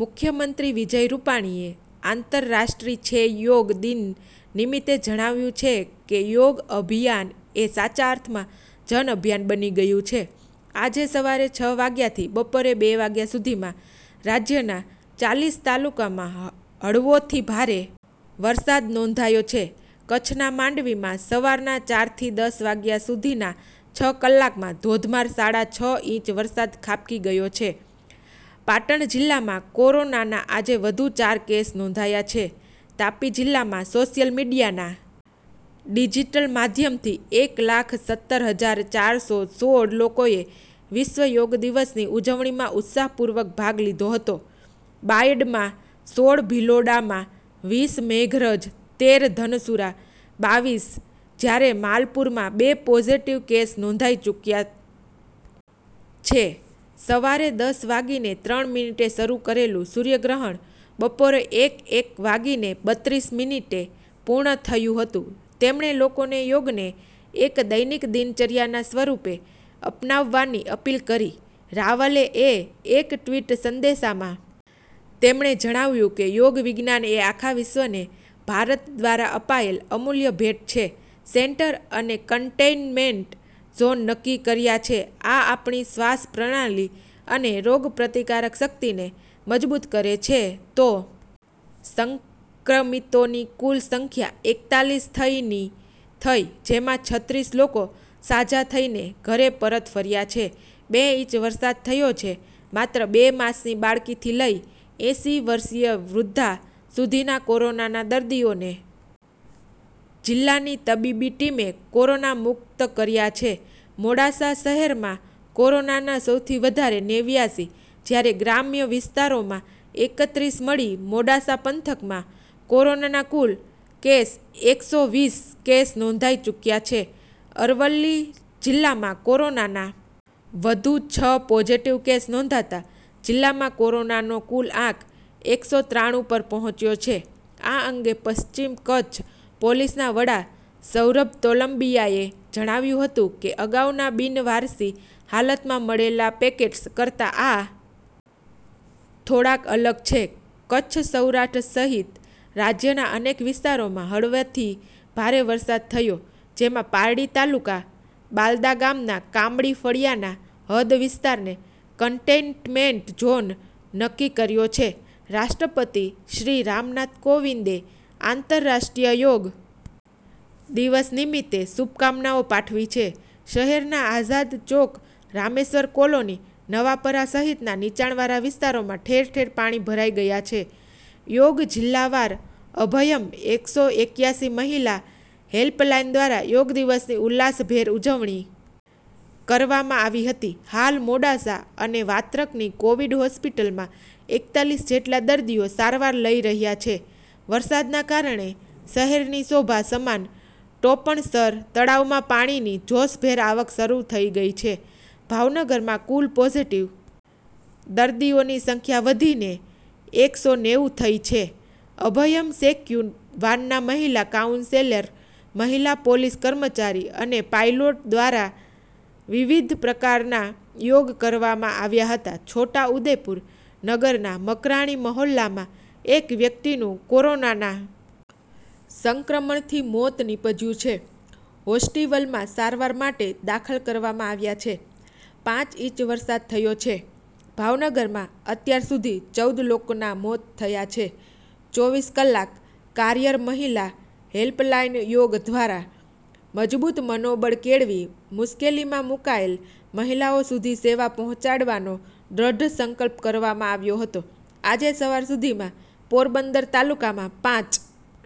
મુખ્યમંત્રી વિજય રૂપાણીએ આંતરરાષ્ટ્રીછેય યોગ દિન નિમિત્તે જણાવ્યું છે કે યોગ અભિયાન એ સાચા અર્થમાં જન અભિયાન બની ગયું છે આજે સવારે છ વાગ્યાથી બપોરે બે વાગ્યા સુધીમાં રાજ્યના ચાલીસ તાલુકામાં હળવોથી ભારે વરસાદ નોંધાયો છે કચ્છના માંડવીમાં સવારના ચારથી દસ વાગ્યા સુધીના છ કલાકમાં ધોધમાર સાડા છ ઈંચ વરસાદ ખાબકી ગયો છે પાટણ જિલ્લામાં કોરોનાના આજે વધુ ચાર કેસ નોંધાયા છે તાપી જિલ્લામાં સોશિયલ મીડીયાના ડિજીટલ માધ્યમથી એક લાખ સત્તર હજાર ચાર સો સોળ લોકોએ વિશ્વ યોગ દિવસની ઉજવણીમાં ઉત્સાહપૂર્વક ભાગ લીધો હતો બાયડમાં સોળ ભિલોડામાં વીસ મેઘરજ તેર ધનસુરા બાવીસ જ્યારે માલપુરમાં બે પોઝિટિવ કેસ નોંધાઈ ચુક્યા છે સવારે દસ વાગીને ત્રણ મિનિટે શરૂ થયેલું સૂર્યગ્રહણ બપોરે એક એક વાગીને બત્રીસ મિનિટે પૂર્ણ થયું હતું તેમણે લોકોને યોગને એક દૈનિક દિનચર્યાના સ્વરૂપે અપનાવવાની અપીલ કરી રાવલે એ એક ટવીટ સંદેશામાં તેમણે જણાવ્યું કે યોગ વિજ્ઞાન એ આખા વિશ્વને ભારત દ્વારા અપાયેલ અમૂલ્ય ભેટ છે સેન્ટર અને કન્ટેઇનમેન્ટ ઝોન નક્કી કર્યા છે આ આપણી શ્વાસ પ્રણાલી અને રોગ પ્રતિકારક શક્તિને મજબૂત કરે છે તો સંક્રમિતોની કુલ સંખ્યા એકતાલીસ થઈ ની થઈ જેમાં છત્રીસ લોકો સાજા થઇ ને ઘરે પરત ફર્યા છે બે ઇંચ વરસાદ થયો છે માત્ર બે માસની બાળકીથી લઈ એંસી વર્ષિય વૃધ્ધા સુધીના કોરોનાના દર્દીઓને જિલ્લાની તબીબી ટીમે કોરોના મુક્ત કર્યા છે મોડાસા શહેરમાં કોરોનાના સૌથી વધારે નેવ્યાસી જ્યારે ગ્રામ્ય વિસ્તારોમાં એકત્રીસ મળી મોડાસા પંથકમાં કોરોનાના કુલ કેસ એક સો વીસ કેસ નોંધાઈ ચુક્યા છે અરવલ્લી જિલ્લામાં કોરોનાના વધુ છ પોઝિટિવ કેસ નોંધાતા જિલ્લામાં કોરોનાનો કુલ આંક એક સો ત્રાણું પર પહોંચ્યો છે આ અંગે પશ્ચિમ કચ્છ પોલીસના વડા સૌરભ તોલંબિયાએ જણાવ્યું હતું કે અગાઉ બિનવારસી હાલતમાં મળેલા પેકેટ્સ કરતાં આ થોડાક અલગ છે કચ્છ સૌરાષ્ટ્ર સહિત રાજ્યના અનેક વિસ્તારોમાં હળવાથી ભારે વરસાદ થયો જેમાં પારડી તાલુકા બાલદા ગામના કામડી ફળિયાના હદ વિસ્તારને કન્ટેઇન્મેનટ ઝોન નક્કી કર્યો છે રાષ્ટ્રપતિ શ્રી રામનાથ કોવિંદે આંતરરાષ્ટ્રીય યોગ દિવસ નિમિત્તે શુભકામનાઓ પાઠવી છે શહેરના આઝાદ ચોક રામેશ્વર કોલોની નવાપરા સહિતના નીચાણવાળા વિસ્તારોમાં ઠેર ઠેર પાણી ભરાઈ ગયાં છે યોગ જિલ્લાવાર અભયમ એક સો એક્યાસી મહિલા હેલ્પલાઇન દ્વારા યોગ દિવસની ઉલ્લાસભેર ઉજવણી કરવામાં આવી હતી હાલ મોડાસા અને વાત્રકની કોવિડ હોસ્પિટલમાં એકતાલીસ જેટલા દર્દીઓ સારવાર લઇ રહ્યા છે વરસાદના કારણે શહેરની શોભા સમાન ટોપણસર તળાવમાં પાણીની જોશભેર આવક શરૂ થઈ ગઈ છે ભાવનગરમાં કુલ પોઝીટીવ દર્દીઓની સંખ્યા વધીને એક સો નેવું થઇ છે અભયમ શેક્યુ વાનના મહિલા કાઉન્સેલર મહિલા પોલીસ કર્મચારી અને પાઇલોટ ધ્વારા વિવિધ પ્રકારના યોગ કરવામાં આવ્યા હતા છોટાઉદેપુર નગરના મકરાણી મહોલ્લા માં એક વ્યક્તિનું કોરોનાના સંક્રમણથી મોત નિપજ્યું છે હોસ્ટિવલમાં સારવાર માટે દાખલ કરવામાં આવ્યા છે પાંચ ઈંચ વરસાદ થયો છે ભાવનગરમાં અત્યાર સુધી ચૌદ લોકોના મોત થયા છે ચોવીસ કલાક કાર્યર મહિલા હેલ્પલાઇન યોગ ધ્વારા મજબૂત મનોબળ કેળવી મુશ્કેલી મા મુકાયેલ મહિલાઓ સુધી સેવા પહોંચાડવાનો દ્રઢ સંકલ્પ કરવામાં આવ્યો હતો આજે સવાર સુધીમાં પોરબંદર તાલુકામાં પાંચ।